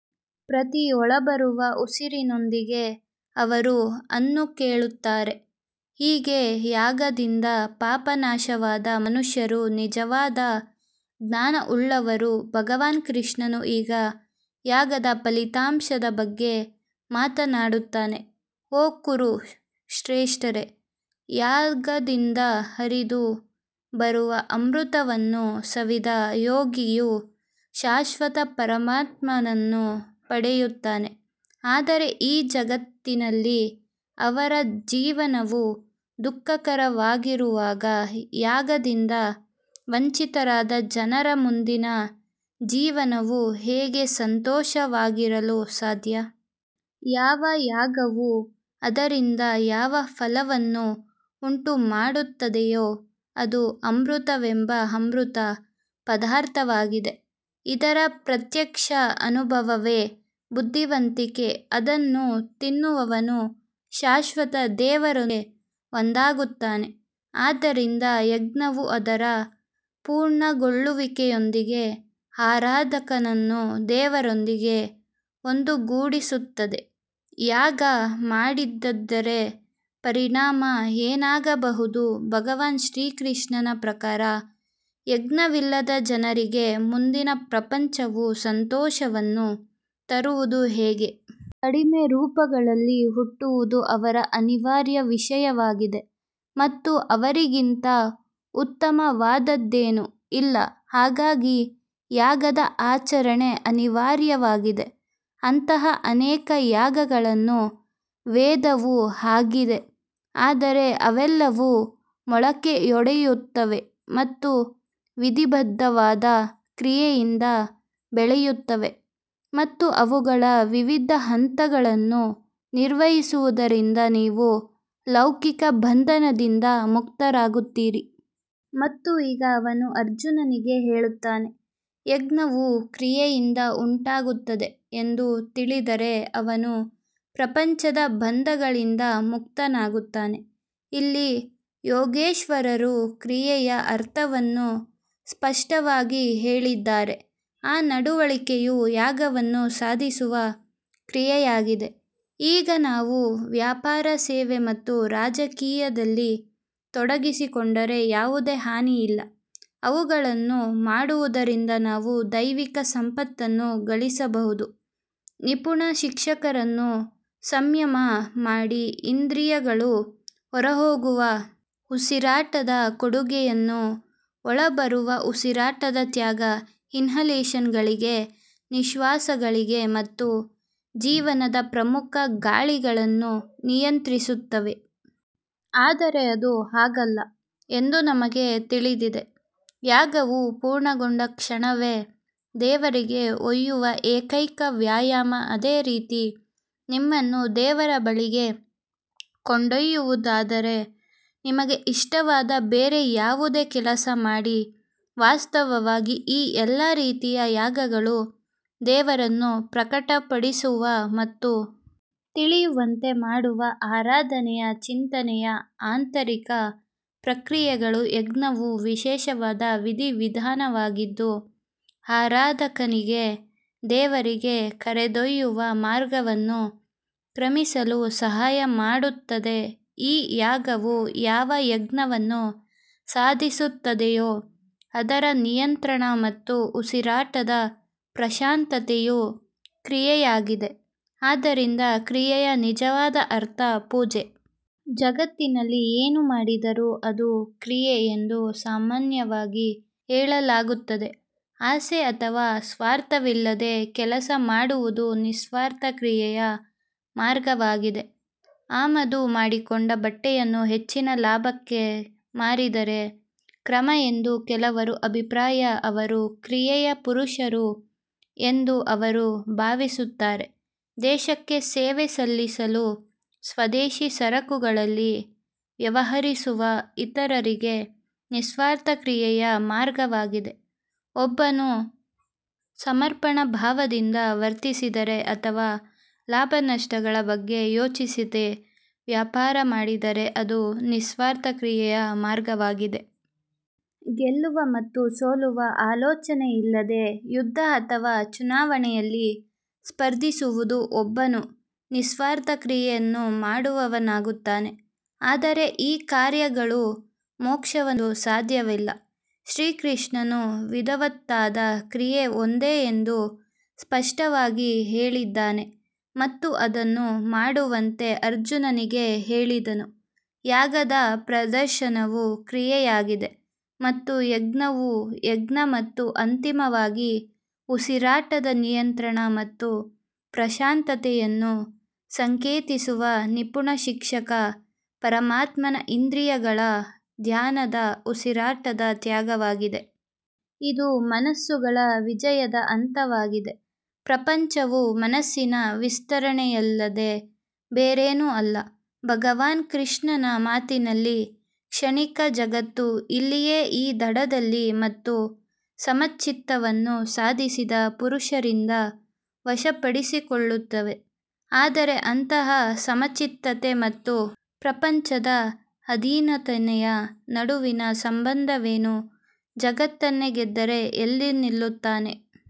ಪ್ರತಿ ಒಳಬರುವ ಉಸಿರಿನೊಂದಿಗೆ ಅವರು ಅನ್ನು ಕೇಳುತ್ತಾರೆ ಹೀಗೆ ಯಾಗದಿಂದ ಪಾಪ ನಾಶವಾದ ಮನುಷ್ಯರು ನಿಜವಾದ ಜ್ಞಾನವುಳ್ಳವರು ಭಗವಾನ್ ಕೃಷ್ಣನು ಈಗ ಯಾಗದ ಫಲಿತಾಂಶದ ಬಗ್ಗೆ ಮಾತನಾಡುತ್ತಾನೆ ಓ ಕುರು ಶ್ರೇಷ್ಠರೇ, ಯಾಗದಿಂದ ಹರಿದು ಬರುವ ಅಮೃತವನ್ನು ಸವಿದ ಯೋಗಿಯು ಶಾಶ್ವತ ಪರಮಾತ್ಮನನ್ನು ಪಡೆಯುತ್ತಾನೆ ಆದರೆ ಈ ಜಗತ್ತಿನಲ್ಲಿ ಅವರ ಜೀವನವೂ ದುಃಖಕರವಾಗಿರುವಾಗ ಯಾಗದಿಂದ ವಂಚಿತರಾದ ಜನರ ಮುಂದಿನ ಜೀವನವು ಹೇಗೆ ಸಂತೋಷವಾಗಿರಲು ಸಾಧ್ಯ? ಯಾವ ಯಾಗವು ಅದರಿಂದ ಯಾವ ಫಲವನ್ನು ಉಂಟುಮಾಡುತ್ತದೆಯೋ ಅದು ಅಮೃತವೆಂಬ ಅಮೃತ ಪದಾರ್ಥವಾಗಿದೆ ಇದರ ಪ್ರತ್ಯಕ್ಷ ಅನುಭವವೇ ಬುದ್ಧಿವಂತಿಕೆ ಅದನ್ನು ತಿನ್ನುವವನು ಶಾಶ್ವತ ದೇವರೊಂದಿಗೆ ಒಂದಾಗುತ್ತಾನೆ ಆದ್ದರಿಂದ ಯಜ್ಞವು ಅದರ ಪೂರ್ಣಗೊಳ್ಳುವಿಕೆಯೊಂದಿಗೆ ಆರಾಧಕನನ್ನು ದೇವರೊಂದಿಗೆ ಒಂದುಗೂಡಿಸುತ್ತದೆ ಯಾಗ ಮಾಡದಿದ್ದರೆ ಪರಿಣಾಮ ಏನಾಗಬಹುದು ಭಗವಾನ್ ಶ್ರೀಕೃಷ್ಣನ ಪ್ರಕಾರ, ಯಜ್ಞವಿಲ್ಲದ ಜನರಿಗೆ ಮುಂದಿನ ಪ್ರಪಂಚವು ಸಂತೋಷವನ್ನು ತರುವುದು ಹೇಗೆ? ಕಡಿಮೆ ರೂಪಗಳಲ್ಲಿ ಹುಟ್ಟುವುದು ಅವರ ಅನಿವಾರ್ಯ ವಿಷಯವಾಗಿದೆ ಮತ್ತು ಅವರಿಗಿಂತ ಉತ್ತಮವಾದದ್ದೇನೂ ಇಲ್ಲ ಹಾಗಾಗಿ ಯಾಗದ ಆಚರಣೆ ಅನಿವಾರ್ಯವಾಗಿದೆ ಅಂತಹ ಅನೇಕ ಯಾಗಗಳನ್ನು ವೇದವು ಹಾಕಿದೆ ಆದರೆ ಅವೆಲ್ಲವೂ ಮೊಳಕೆಯೊಡೆಯುತ್ತವೆ ಮತ್ತು ವಿಧಿಬದ್ಧವಾದ ಕ್ರಿಯೆಯಿಂದ ಬೆಳೆಯುತ್ತವೆ ಮತ್ತು ಅವುಗಳ ವಿವಿಧ ಹಂತಗಳನ್ನು ನಿರ್ವಹಿಸುವುದರಿಂದ ನೀವು ಲೌಕಿಕ ಬಂಧನದಿಂದ ಮುಕ್ತರಾಗುತ್ತೀರಿ. ಮತ್ತು ಈಗ ಅವನು ಅರ್ಜುನನಿಗೆ ಹೇಳುತ್ತಾನೆ, ಯಜ್ಞವು ಕ್ರಿಯೆಯಿಂದ ಉಂಟಾಗುತ್ತದೆ ಎಂದು ತಿಳಿದರೆ ಅವನು ಪ್ರಪಂಚದ ಬಂಧಗಳಿಂದ ಮುಕ್ತನಾಗುತ್ತಾನೆ. ಇಲ್ಲಿ ಯೋಗೇಶ್ವರರು ಕ್ರಿಯೆಯ ಅರ್ಥವನ್ನು ಸ್ಪಷ್ಟವಾಗಿ ಹೇಳಿದ್ದಾರೆ ಆ ನಡವಳಿಕೆಯು ಯಾಗವನ್ನು ಸಾಧಿಸುವ ಕ್ರಿಯೆಯಾಗಿದೆ ಈಗ ನಾವು ವ್ಯಾಪಾರ ಸೇವೆ ಮತ್ತು ರಾಜಕೀಯದಲ್ಲಿ ತೊಡಗಿಸಿಕೊಂಡರೆ ಯಾವುದೇ ಹಾನಿ ಇಲ್ಲ, ಅವುಗಳನ್ನು ಮಾಡುವುದರಿಂದ ನಾವು ದೈವಿಕ ಸಂಪತ್ತನ್ನು ಗಳಿಸಬಹುದು, ನಿಪುಣ ಶಿಕ್ಷಕರನ್ನು ಸಂಯಮ ಮಾಡಿ ಇಂದ್ರಿಯಗಳು ಹೊರಹೋಗುವ ಉಸಿರಾಟದ ಕೊಡುಗೆಯನ್ನು ಒಳಬರುವ ಉಸಿರಾಟದ ತ್ಯಾಗ ಇನ್ಹಲೇಷನ್ಗಳಿಗೆ ನಿಶ್ವಾಸಗಳಿಗೆ ಮತ್ತು ಜೀವನದ ಪ್ರಮುಖ ಗಾಳಿಗಳನ್ನು ನಿಯಂತ್ರಿಸುತ್ತವೆ. ಆದರೆ ಅದು ಹಾಗಲ್ಲ ಎಂದು ನಮಗೆ ತಿಳಿದಿದೆ ಯಾಗವು ಪೂರ್ಣಗೊಂಡ ಕ್ಷಣವೇ ದೇವರಿಗೆ ಒಯ್ಯುವ ಏಕೈಕ ವ್ಯಾಯಾಮ ಅದೇ ರೀತಿ ನಿಮ್ಮನ್ನು ದೇವರ ಬಳಿಗೆ ಕೊಂಡೊಯ್ಯುವುದಾದರೆ ನಿಮಗೆ ಇಷ್ಟವಾದ ಬೇರೆ ಯಾವುದೇ ಕೆಲಸ ಮಾಡಿ ವಾಸ್ತವವಾಗಿ ಈ ಎಲ್ಲಾ ರೀತಿಯ ಯಾಗಗಳು ದೇವರನ್ನು ಪ್ರಕಟಪಡಿಸುವ ಮತ್ತು ತಿಳಿಯುವಂತೆ ಮಾಡುವ ಆರಾಧನೆಯ ಚಿಂತನೆಯ ಆಂತರಿಕ ಪ್ರಕ್ರಿಯೆಗಳು ಯಜ್ಞವು ವಿಶೇಷವಾದ ವಿಧಿ ವಿಧಾನವಾಗಿದ್ದು, ಆರಾಧಕನಿಗೆ ದೇವರಿಗೆ ಕರೆದೊಯ್ಯುವ ಮಾರ್ಗವನ್ನು ಕ್ರಮಿಸಲು ಸಹಾಯ ಮಾಡುತ್ತದೆ ಈ ಯಾಗವು ಯಾವ ಯಜ್ಞವನ್ನು ಸಾಧಿಸುತ್ತದೆಯೋ ಅದರ ನಿಯಂತ್ರಣ ಮತ್ತು ಉಸಿರಾಟದ ಪ್ರಶಾಂತತೆಯು ಕ್ರಿಯೆಯಾಗಿದೆ ಆದ್ದರಿಂದ ಕ್ರಿಯೆಯ ನಿಜವಾದ ಅರ್ಥ ಪೂಜೆ ಜಗತ್ತಿನಲ್ಲಿ ಏನು ಮಾಡಿದರೂ ಅದು ಕ್ರಿಯೆ ಎಂದು ಸಾಮಾನ್ಯವಾಗಿ ಹೇಳಲಾಗುತ್ತದೆ ಆಸೆ ಅಥವಾ ಸ್ವಾರ್ಥವಿಲ್ಲದೆ ಕೆಲಸ ಮಾಡುವುದು ನಿಸ್ವಾರ್ಥ ಕ್ರಿಯೆಯ ಮಾರ್ಗವಾಗಿದೆ ಆಮದು ಮಾಡಿಕೊಂಡ ಬಟ್ಟೆಯನ್ನು ಹೆಚ್ಚಿನ ಲಾಭಕ್ಕೆ ಮಾರಿದರೆ ಕ್ರಮ ಎಂದು ಕೆಲವರ ಅಭಿಪ್ರಾಯ ಅವರು ಕ್ರಿಯೆಯ ಪುರುಷರು ಎಂದು ಅವರು ಭಾವಿಸುತ್ತಾರೆ ದೇಶಕ್ಕೆ ಸೇವೆ ಸಲ್ಲಿಸಲು ಸ್ವದೇಶಿ ಸರಕುಗಳಲ್ಲಿ ವ್ಯವಹರಿಸುವ ಇತರರಿಗೆ ನಿಸ್ವಾರ್ಥ ಕ್ರಿಯೆಯ ಮಾರ್ಗವಾಗಿದೆ ಒಬ್ಬನು ಸಮರ್ಪಣಾಭಾವದಿಂದ ವರ್ತಿಸಿದರೆ ಅಥವಾ ಲಾಭ-ನಷ್ಟಗಳ ಬಗ್ಗೆ ಯೋಚಿಸದೆ ವ್ಯಾಪಾರ ಮಾಡಿದರೆ ಅದು ನಿಸ್ವಾರ್ಥ ಕ್ರಿಯೆಯ ಮಾರ್ಗವಾಗಿದೆ. ಗೆಲ್ಲುವ ಮತ್ತು ಸೋಲುವ ಆಲೋಚನೆಯಿಲ್ಲದೆ ಯುದ್ಧ ಅಥವಾ ಚುನಾವಣೆಯಲ್ಲಿ ಸ್ಪರ್ಧಿಸುವುದು ಒಬ್ಬನು ನಿಸ್ವಾರ್ಥ ಕ್ರಿಯೆಯನ್ನು ಮಾಡುವವನಾಗುತ್ತಾನೆ. ಆದರೆ ಈ ಕಾರ್ಯಗಳು ಮೋಕ್ಷವನ್ನು ತರಲು ಸಾಧ್ಯವಿಲ್ಲ ಶ್ರೀಕೃಷ್ಣನು ವಿಧಿವತ್ತಾದ ಕ್ರಿಯೆ ಒಂದೇ ಎಂದು ಸ್ಪಷ್ಟವಾಗಿ ಹೇಳಿದ್ದಾನೆ ಮತ್ತು ಅದನ್ನು ಮಾಡುವಂತೆ ಅರ್ಜುನನಿಗೆ ಹೇಳಿದನು. ಯಾಗದ ಪ್ರದರ್ಶನವು ಕ್ರಿಯೆಯಾಗಿದೆ ಮತ್ತು ಯಜ್ಞವು ಯಜ್ಞ ಮತ್ತು ಅಂತಿಮವಾಗಿ ಉಸಿರಾಟದ ನಿಯಂತ್ರಣ ಮತ್ತು ಪ್ರಶಾಂತತೆಯನ್ನು ಸಂಕೇತಿಸುವ ನಿಪುಣ ಶಿಕ್ಷಕ ಪರಮಾತ್ಮನ ಇಂದ್ರಿಯಗಳ ಧ್ಯಾನದ ಉಸಿರಾಟದ ತ್ಯಾಗವಾಗಿದೆ. ಇದು ಮನಸ್ಸುಗಳ ವಿಜಯದ ಹಂತವಾಗಿದೆ ಪ್ರಪಂಚವು ಮನಸ್ಸಿನ ವಿಸ್ತರಣೆಯಲ್ಲದೆ ಬೇರೇನೂ ಅಲ್ಲ ಭಗವಾನ್ ಕೃಷ್ಣನ ಮಾತಿನಲ್ಲಿ, ಕ್ಷಣಿಕ ಜಗತ್ತು ಇಲ್ಲಿಯೇ ಈ ದಡದಲ್ಲಿ ಮತ್ತು ಸಮಚಿತ್ತವನ್ನು ಸಾಧಿಸಿದ ಪುರುಷರಿಂದ ವಶಪಡಿಸಿಕೊಳ್ಳುತ್ತದೆ. ಆದರೆ ಅಂತಹ ಸಮಚಿತ್ತತೆ ಮತ್ತು ಪ್ರಪಂಚದ ಅಧೀನತೆಯ ನಡುವಿನ ಸಂಬಂಧವೇನು ಜಗತ್ತನ್ನೇ ಗೆದ್ದರೆ ಎಲ್ಲಿ ನಿಲ್ಲುತ್ತಾನೆ.